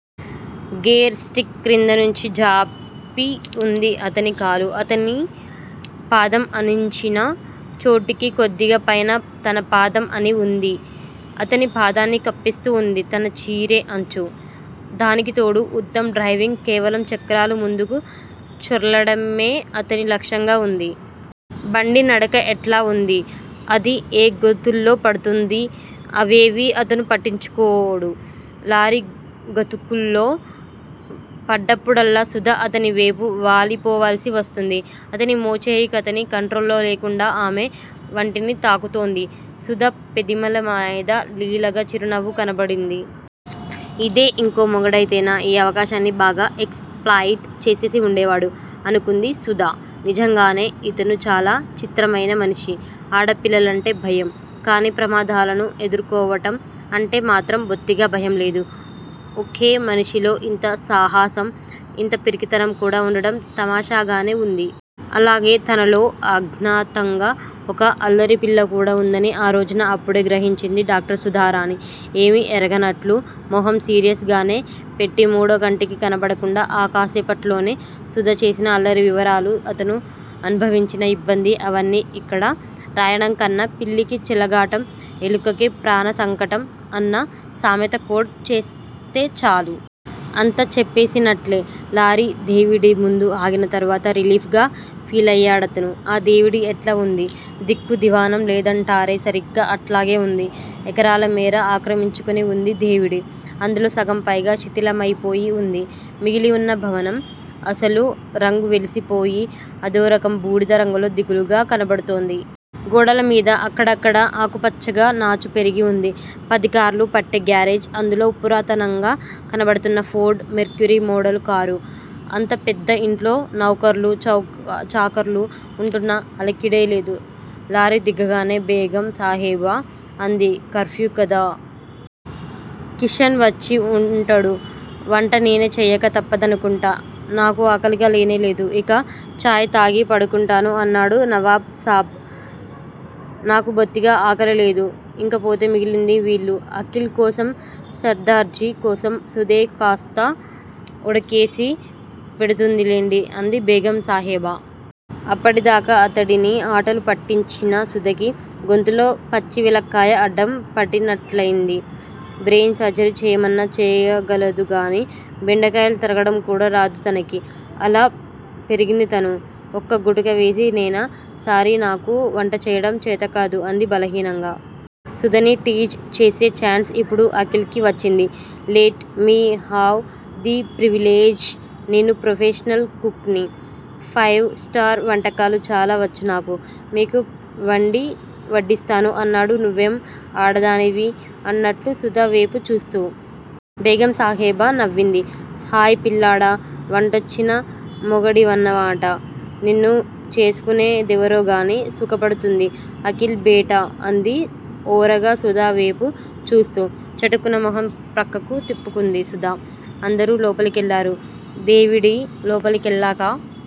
Gear stick క్రిందనుంచి జాపి వుంది అతని కాలు. అతని పాదం ఆనించిన చోటుకి కొద్దిగా పైన తన పాదం ఆని వుంది. అతని పాదాన్ని కప్పేస్తూ వుంది తన చీరె అంచు. దానికితోడు ఉత్తమ్ డ్రైవింగ్! కేవలం చక్రాలు ముందుకు చొర్లటమే అతని లక్ష్యంగా ఉంది. బండీ నడక ఎట్లా ఉందీ, అది ఏ గోతుల్లో పడుతోందీ, అవేవీ అతను పట్టించుకోడు. లారీ గతుకుల్లో పడ్డప్పుడల్లా సుధ అతని వేపు వాలిపోవాల్సి వస్తోంది. అతని మోచెయ్యి అతని కంట్రోల్లో లేకుండా ఆమె వంటిని తాకుతోంది. సుధ పెదిమల మీద లీలగా చిరునవ్వు కనబడింది. 'ఇదే ఇంకో మొగాడయితేనా ఈ అవకాశాన్ని బాగా ఎక్స్ ప్లాయిట్ చేసేసి వుండేవాడు' అనుకుంది సుధ. నిజంగానే ఇతను చాలా చిత్రమైన మనిషి! ఆడపిల్లలంటే భయం. కానీ ప్రమాదాలను ఎదుర్కోవడం అంటే మాత్రం బొత్తిగా భయం లేదు. ఒకే మనిషిలో ఇంత సాహసం, ఇంత పిరికితనం కూడా ఉండటం తమాషాగానే వుంది. అలాగే తనలో అజ్ఞాతంగా ఒక అల్లరిపిల్ల కూడా ఉందని ఆ రోజున అప్పుడే గ్రహించింది డాక్టర్ సుధారాణి. ఏమీ ఎరగనట్లు మొహం సీరియస్ గానే పెట్టి మూడో కంటికి కనబడకుండా, ఆ కాసేపట్లోనే సుధ చేసిన అల్లరి వివరాలు, అతను అనుభవించిన యిబ్బంది, అవన్నీ యిక్కడ రాయటంకన్నా 'పిల్లికి చెలగాటం, ఎలుకకి ప్రాణసంకటం' అన్న సామెత కోడ్ చేస్తే చాలు! అంతా చెప్పేసినట్లే. లారీ దేవిడీ ముందు ఆగిన తరువాత రిలీఫ్ గా ఫీలయ్యాడతను. ఆ దేవిడీ ఎట్లా ఉంది? దిక్కూ దివాణం లేదంటారే సరిగ్గా అట్లాగే ఉంది. ఎకరాల మేర ఆక్రమించుకుని ఉంది దేవిడీ. అందులో సగం పైగా శిథిలమైపోయి వుంది. మిగిలివున్న భవనం అసలు రంగు వెలిసిపోయి, అదోరకం బూడిద రంగులో దిగులుగా కనబడుతోంది. గోడల మీద అక్కడక్కడా ఆకుపచ్చగా నాచు పెరిగి వుంది. పది కార్లు పట్టే గ్యారేజ్! అందులో పురాతనంగా కనబడుతున్న ఫోర్డు మెర్క్యురీ మోడలు కారు! అంత పెద్ద ఇంట్లో నౌఖర్లూ, చాకర్లూ ఉంటున్న అలికిడే లేదు. లారీ దిగగానే బేగం సాహెబా అంది- కర్ఫ్యూ కదా! కిషన్ వచ్చి ఉండడు. వంట నేనే చెయ్యక తప్పదనుకుంటా. నాకు ఆకలిగా లేనే లేదు. ఒక చాయ్ తాగి పడుకుంటాను అన్నాడు నవాబ్ సాబ్. నాకూ బొత్తిగా ఆకలి లేదు. ఇంకపోతే మిగిలింది వీళ్ళు. అఖిల్ కోసం, సర్దార్జీ కోసం సుధే కాస్త ఉడకేసి పెడుతుందిలెండి అంది బేగం సాహెబా. అప్పటిదాకా అతడిని ఆటలు పట్టించిన సుధకి గొంతులో పచ్చి వెలక్కాయ అడ్డం పడినట్లయ్యింది. బ్రెయిన్ సర్జరీ చెయ్యమన్నా చెయ్యగలదు గాని, బెండకాయలు తరగటం కూడా రాదు తనకి! అలా పెరిగింది తను! ఒక్క గుటక వేసి నేనా! సారీ నాకు వంట చెయ్యటం చేతకాదు అంది బలహీనంగా. సుధని టీజ్ చేసే ఛాన్స్ ఇప్పుడు అఖిల్ కి వచ్చింది. Let me have the privilege! నేను ప్రొఫెషనల్ కుక్ ని! ఫైవ్ స్టార్ వంటకాలు చాలా వచ్చు నాకు. మీకు వండి వడ్డిస్తాను అన్నాడు నువ్వేం ఆడదానివి? అన్నట్లు సుధ వేపు చూస్తూ. బేగం సాహెబా నవ్వింది. హాయ్ పిల్లాడా! వంటొచ్చిన మొగాడివన్నమాట! నిన్ను చేసుకునే దెవరోగానీ సుఖపడుతుంది అఖిల్ బేటా అంది ఓరగా సుధ వేపు చూస్తూ. చటుక్కున మొహం ప్రక్కకు తిప్పుకుంది సుధ. అందరూ లోపలికెళ్ళారు. దేవిడీ లోపలికెళ్ళాక